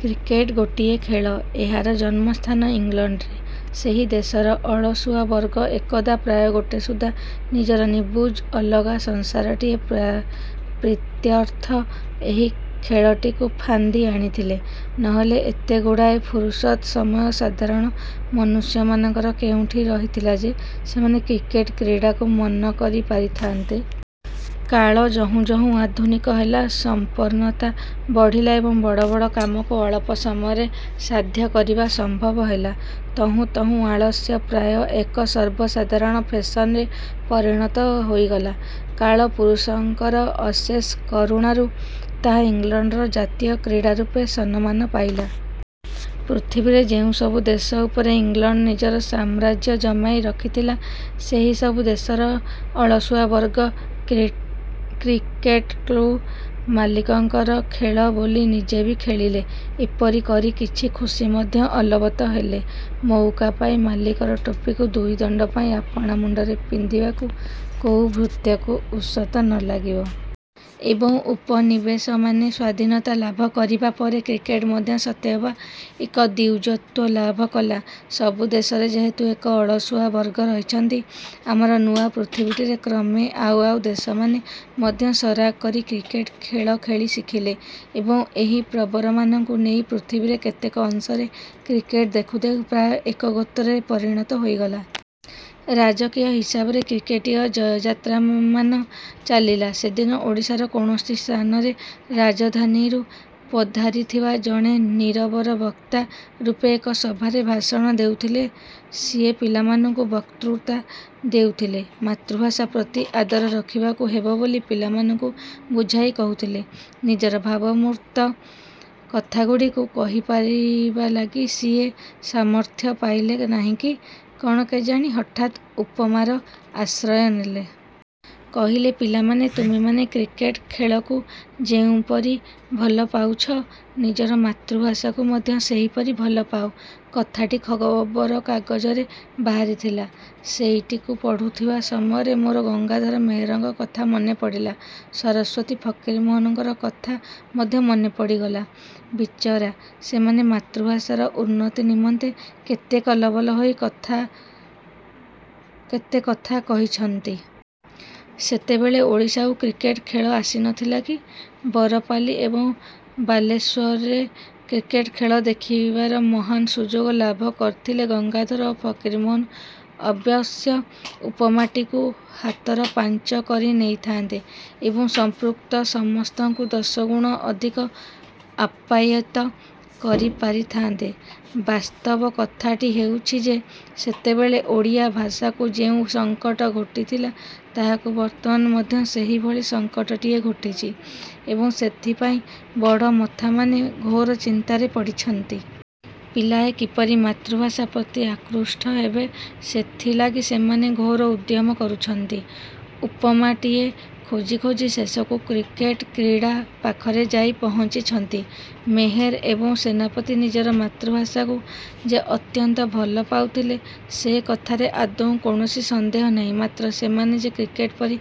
Cricket ଗୋଟିଏ ଖେଳ। ଏହାର ଜନ୍ମସ୍ଥାନ ଇଂଲଣ୍ଡରେ। ସେହି ଦେଶର ଅଳସୁଆବର୍ଗ ଏକଦା ପ୍ରାୟ ଗୋଟେସୁଦ୍ଧା ନିଜର ନିବୁଜ ଅଲଗା ସଂସାରଟିଏ ପ୍ରାୟ ପ୍ରୀତ୍ୟର୍ଥ ଏହି ଖେଳଟିକୁ ଫାନ୍ଦି ଆଣିଥିଲେ। ନହେଲେ ଏତେଗୁଡ଼ାଏ ଫୁରୁସତ୍ ସମୟ ସାଧାରଣ ମନୁଷ୍ୟମାନଙ୍କର କେଉଁଠି ରହିଥିଲା ଯେ, ସେମାନେ କ୍ରିକେଟ କ୍ରୀଡ଼ାକୁ ମନକରି ପାରିଥାନ୍ତେ? କାଳ ଯହୁଁ ଯହୁଁ ଆଧୁନିକ ହେଲା, ସମ୍ପନ୍ନତା ବଢ଼ିଲା ଏବଂ ବଡ଼ ବଡ଼ କାମକୁ ଅଳପ ସମୟରେ ସାଧ୍ୟ କରିବା ସମ୍ଭବ ହେଲା ତହୁଁ ତହୁଁ ଆଳସ୍ୟ ପ୍ରାୟ ଏକ ସର୍ବସାଧାରଣ ଫେଶନରେ ପରିଣତ ହୋଇଗଲା। କାଳପୁରୁଷଙ୍କର ଅଶେଷ କରୁଣାରୁ ତାହା ଇଂଲଣ୍ଡର ଜାତୀୟ କ୍ରୀଡ଼ା ରୂପେ ସନମାନ ପାଇଲା। ପୃଥିବୀରେ ଯେଉଁ ସବୁ ଦେଶ ଉପରେ ଇଂଲଣ୍ଡ ନିଜର ସାମ୍ରାଜ୍ୟ ଜମାଇ ରଖିଥିଲା, ସେହିସବୁ ଦେଶର ଅଳସୁଆ ବର୍ଗ କ୍ରି କ୍ରିକେଟ୍କ୍ଲୁ ମାଲିକଙ୍କର ଖେଳ ବୋଲି ନିଜେ ବି ଖେଳିଲେ, ଏପରି କରି କିଛି ଖୁସି ମଧ୍ୟ ଅଲବତ ହେଲେ। ମଉକା ପାଇ ମାଲିକର ଟୋପିକୁ ଦୁଇ ଦଣ୍ଡ ପାଇଁ ଆପଣା ମୁଣ୍ଡରେ ପିନ୍ଧିବାକୁ କୋଉ ଭୃତ୍ୟକୁ ଉଷତ ନ ଲାଗିବ? ଏବଂ ଉପନିବେଶମାନେ ସ୍ୱାଧୀନତା ଲାଭ କରିବା ପରେ କ୍ରିକେଟ ମଧ୍ୟ ସତେ ଅବା ଏକ ଦ୍ୱିଜତ୍ୱ ଲାଭ କଲା। ସବୁ ଦେଶରେ ଯେହେତୁ ଏକ ଅଳସୁଆ ବର୍ଗ ରହିଛନ୍ତି, ଆମର ନୂଆ ପୃଥିବୀଟିରେ କ୍ରମେ ଆଉ ଆଉ ଦେଶମାନେ ମଧ୍ୟ ସରାଗ କରି କ୍ରିକେଟ୍ ଖେଳ ଖେଳି ଶିଖିଲେ ଏବଂ ଏହି ପ୍ରବରମାନଙ୍କୁ ନେଇ ପୃଥିବୀରେ କେତେକ ଅଂଶରେ କ୍ରିକେଟ ଦେଖୁ ଦେଖୁ ପ୍ରାୟ ଏକ ଗୋତ୍ରରେ ପରିଣତ ହୋଇଗଲା। ରାଜକୀୟ ହିସାବରେ କ୍ରିକେଟୀୟ ଜୟଯାତ୍ରାମାନ ଚାଲିଲା। ସେଦିନ ଓଡ଼ିଶାର କୌଣସି ସ୍ଥାନରେ ରାଜଧାନୀରୁ ପଧାରିଥିବା ଜଣେ ନିରବର ବକ୍ତା ରୂପେ ଏକ ସଭାରେ ଭାଷଣ ଦେଉଥିଲେ, ସିଏ ପିଲାମାନଙ୍କୁ ବକ୍ତୃତା ଦେଉଥିଲେ। ମାତୃଭାଷା ପ୍ରତି ଆଦର ରଖିବାକୁ ହେବ ବୋଲି ପିଲାମାନଙ୍କୁ ବୁଝାଇ କହୁଥିଲେ। ନିଜର ଭାବମୂର୍ତ୍ତ କଥାଗୁଡ଼ିକୁ କହି ପାରିବା ଲାଗି ସିଏ ସାମର୍ଥ୍ୟ ପାଇଲେ ନାହିଁକି କଣ କେଜାଣି, ହଠାତ୍ ଉପମାର ଆଶ୍ରୟ ନେଲେ। କହିଲେ ପିଲାମାନେ ତୁମେମାନେ କ୍ରିକେଟ୍ ଖେଳକୁ ଯେଉଁପରି ଭଲ ପାଉଛ, ନିଜର ମାତୃଭାଷାକୁ ମଧ୍ୟ ସେହିପରି ଭଲ ପାଅ। କଥାଟି ଖବରକାଗଜରେ ବାହାରିଥିଲା। ସେଇଟିକୁ ପଢୁଥିବା ସମୟରେ ମୋର ଗଙ୍ଗାଧର ମେହେରଙ୍କ କଥା ମନେପଡ଼ିଲା, ସରସ୍ୱତୀ ଫକୀରମୋହନଙ୍କର କଥା ମଧ୍ୟ ମନେପଡ଼ିଗଲା। ବିଚରା ସେମାନେ ମାତୃଭାଷାର ଉନ୍ନତି ନିମନ୍ତେ କେତେ କଲବଲ ହୋଇ କଥା କେତେ କଥା କହିଛନ୍ତି। ସେତେବେଳେ ଓଡ଼ିଶାକୁ କ୍ରିକେଟ୍ ଖେଳ ଆସିନଥିଲା କି? ବରପାଲି ଏବଂ ବାଲେଶ୍ୱରରେ କ୍ରିକେଟ୍ ଖେଳ ଦେଖିବାର ମହାନ୍ ସୁଯୋଗ ଲାଭ କରିଥିଲେ ଗଙ୍ଗାଧର ଓ ଫକୀରମୋହନ ଅବ୍ୟଶ୍ୟ ଉପମାଟିକୁ ହାତରପାଞ୍ଚ କରି ନେଇଥାନ୍ତେ ଏବଂ ସମ୍ପୃକ୍ତ ସମସ୍ତଙ୍କୁ ଦଶଗୁଣ ଅଧିକ ଆପ୍ୟାୟିତ କରିପାରିଥାନ୍ତେ। ବାସ୍ତବ କଥାଟି ହେଉଛି ଯେ, ସେତେବେଳେ ଓଡ଼ିଆ ଭାଷାକୁ ଯେଉଁ ସଂକଟ ଘୋଟିଥିଲା ତାହାକୁ ବର୍ତ୍ତମାନ ମଧ୍ୟ ସେହିଭଳି ସଂକଟଟିଏ ଘୋଟିଛି ଏବଂ ସେଥିପାଇଁ ବଡ଼ମଥାମାନେ ଘୋର ଚିନ୍ତାରେ ପଡ଼ିଛନ୍ତି। ପିଲାଏ କିପରି ମାତୃଭାଷା ପ୍ରତି ଆକୃଷ୍ଟ ହେବେ, ସେଥିଲାଗି ସେମାନେ ଘୋର ଉଦ୍ୟମ କରୁଛନ୍ତି। ଉପମାଟିଏ ଖୋଜି ଖୋଜି ଶେଷକୁ କ୍ରିକେଟ୍ କ୍ରୀଡ଼ା ପାଖରେ ଯାଇ ପହଞ୍ଚିଛନ୍ତି। ମେହେର ଏବଂ ସେନାପତି ନିଜର ମାତୃଭାଷାକୁ ଯେ ଅତ୍ୟନ୍ତ ଭଲ ପାଉଥିଲେ, ସେ କଥାରେ ଆଦୌ କୌଣସି ସନ୍ଦେହ ନାହିଁ ମାତ୍ର ସେମାନେ ଯେ କ୍ରିକେଟ୍ ପରି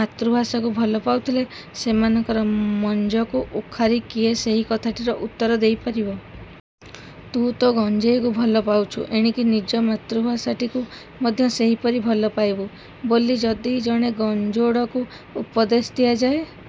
ମାତୃଭାଷାକୁ ଭଲ ପାଉଥିଲେ, ସେମାନଙ୍କର ମଞ୍ଜକୁ ଉଖାରି କିଏ ସେହି କଥାଟିର ଉତ୍ତର ଦେଇପାରିବ? ତୁ ତୋ ଗଞ୍ଜେଇକୁ ଭଲ ପାଉଛୁ, ଏଣିକି ନିଜ ମାତୃଭାଷାଟିକୁ ମଧ୍ୟ ସେହିପରି ଭଲ ପାଇବୁ ବୋଲି ଯଦି ଜଣେ ଗଞ୍ଜୋଡ଼କୁ ଉପଦେଶ ଦିଆଯାଏ